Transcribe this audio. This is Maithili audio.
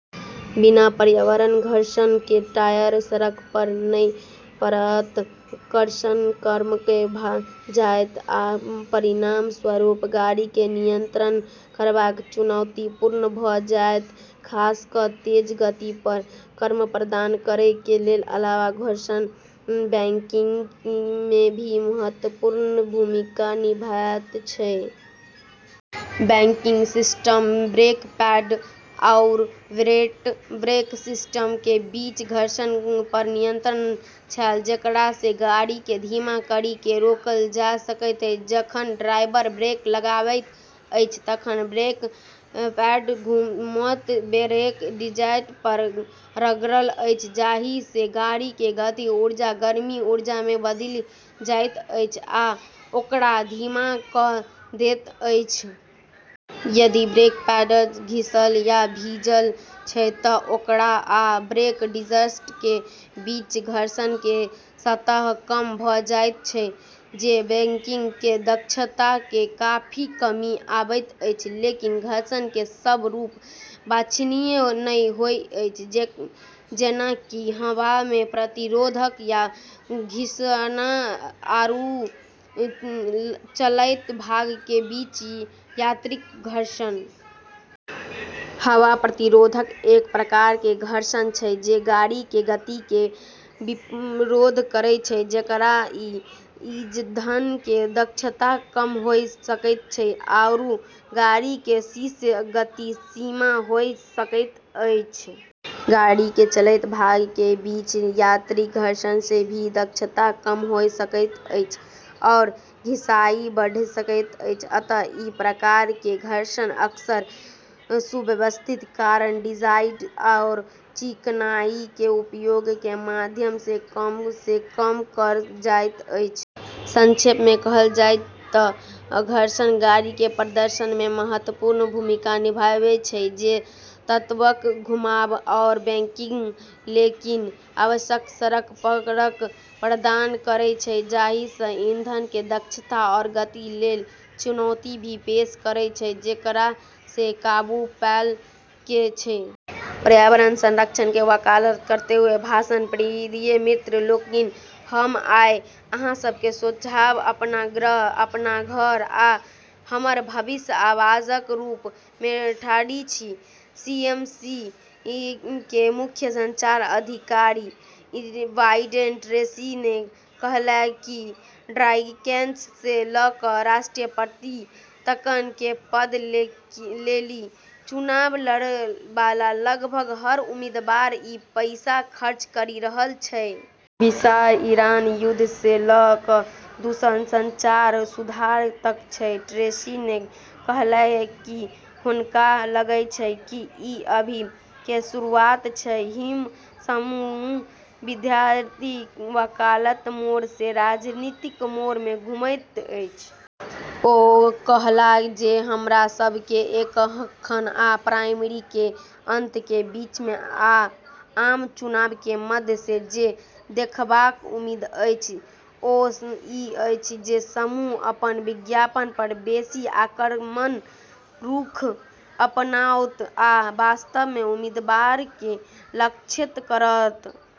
बिना पर्याप्त घर्षण के टायर सड़क पर नै पकड़त, कर्षण कम भ जायत, आ परिणामस्वरूप गाड़ी के नियंत्रित करब चुनौतीपूर्ण भ जायत, खास क तेज गति पर। कर्षण प्रदान करै के अलावा घर्षण ब्रेकिंग में भी महत्वपूर्ण भूमिका निभाबै छै। ब्रेकिंग सिस्टम ब्रेक पैड आरू ब्रेक डिस्क के बीच घर्षण पर निर्भर छै जेकरा से गाड़ी के धीमा करी के रोकल जाय छै। जखन ड्राइवर ब्रेक लगाबैत अछि त ब्रेक पैड घूमैत ब्रेक डिस्क पर रगड़ैत अछि, जाहि से गाड़ी के गतिज ऊर्जा गर्मी ऊर्जा में बदलि जाइत अछि आ ओकरा धीमा क दैत अछि। यदि ब्रेक पैड घिसल या भीजल छै त ओकरा आ ब्रेक डिस्क के बीच घर्षण के स्तर कम भ जायत छै, जे ब्रेकिंग के दक्षता में काफी कमी आबै छै। लेकिन घर्षण के सब रूप वांछनीय नै होय छै, जेना कि हवा के प्रतिरोध या "घसीटना" आरू चलैत भाग के बीच यांत्रिक घर्षण। हवा प्रतिरोध एक प्रकार के घर्षण छै जे गाड़ी के गति के विरोध करै छै, जेकरा से ईंधन के दक्षता कम होय सकै छै आरू गाड़ी के शीर्ष गति सीमित होय सकै छै। गाड़ी के चलैत भाग के बीच यांत्रिक घर्षण से भी दक्षता कम होय सकै छै आरू घिसाई बढ़ी सकै छै। अतः ई प्रकार के घर्षण अक्सर सुव्यवस्थित कार डिजाइन आरू चिकनाई के उपयोग के माध्यम से कम से कम करल जाय छै। संक्षेप में कहल जाय त घर्षण गाड़ी के प्रदर्शन में महत्वपूर्ण भूमिका निभाबै छै, जे त्वरण, घुमाव, आरू ब्रेकिंग लेली आवश्यक सड़क पकड़ प्रदान करै छै जबकि ईंधन के दक्षता आरू गति लेली चुनौती भी पेश करै छै जेकरा से काबू पाबै के छै। पर्यावरण संरक्षण के वकालत करते हुए भाषण। प्रिय मित्र लोकनि, हम आइ अहाँक सोझाँ अपन ग्रह, अपन घर, आ हमर भविष्यक आवाजक रूप में ठाढ़ छी। सीएमएजी के मुख्य संचालन अधिकारी इवान ट्रेसी ने कहलकै कि डॉगकैचर से ल क राष्ट्रपति तलक के पद लेली चुनाव लड़ै वाला लगभग हर उम्मीदवार ई पैसा खर्च करी रहल छै। विषय इराक युद्ध से ल कए दूरसंचार सुधार तक छल। ट्रेसी ने कहलकै कि हुनका लगै छै कि ई अभी के शुरुआत छै हित समूह "विधायी वकालत मोड से राजनीतिक मोड में घुमैत।" ओ कहला जे हमरा सब के एखन आ प्राइमरी के अंत के बीच, आ आम चुनाव के माध्यम से जे देखबाक उम्मीद अछि, ओ इ अछि जे समूह अपन विज्ञापन पर बेसी आक्रामक रुख अपनाओत आ वास्तव में उम्मीदवार के लक्षित करत।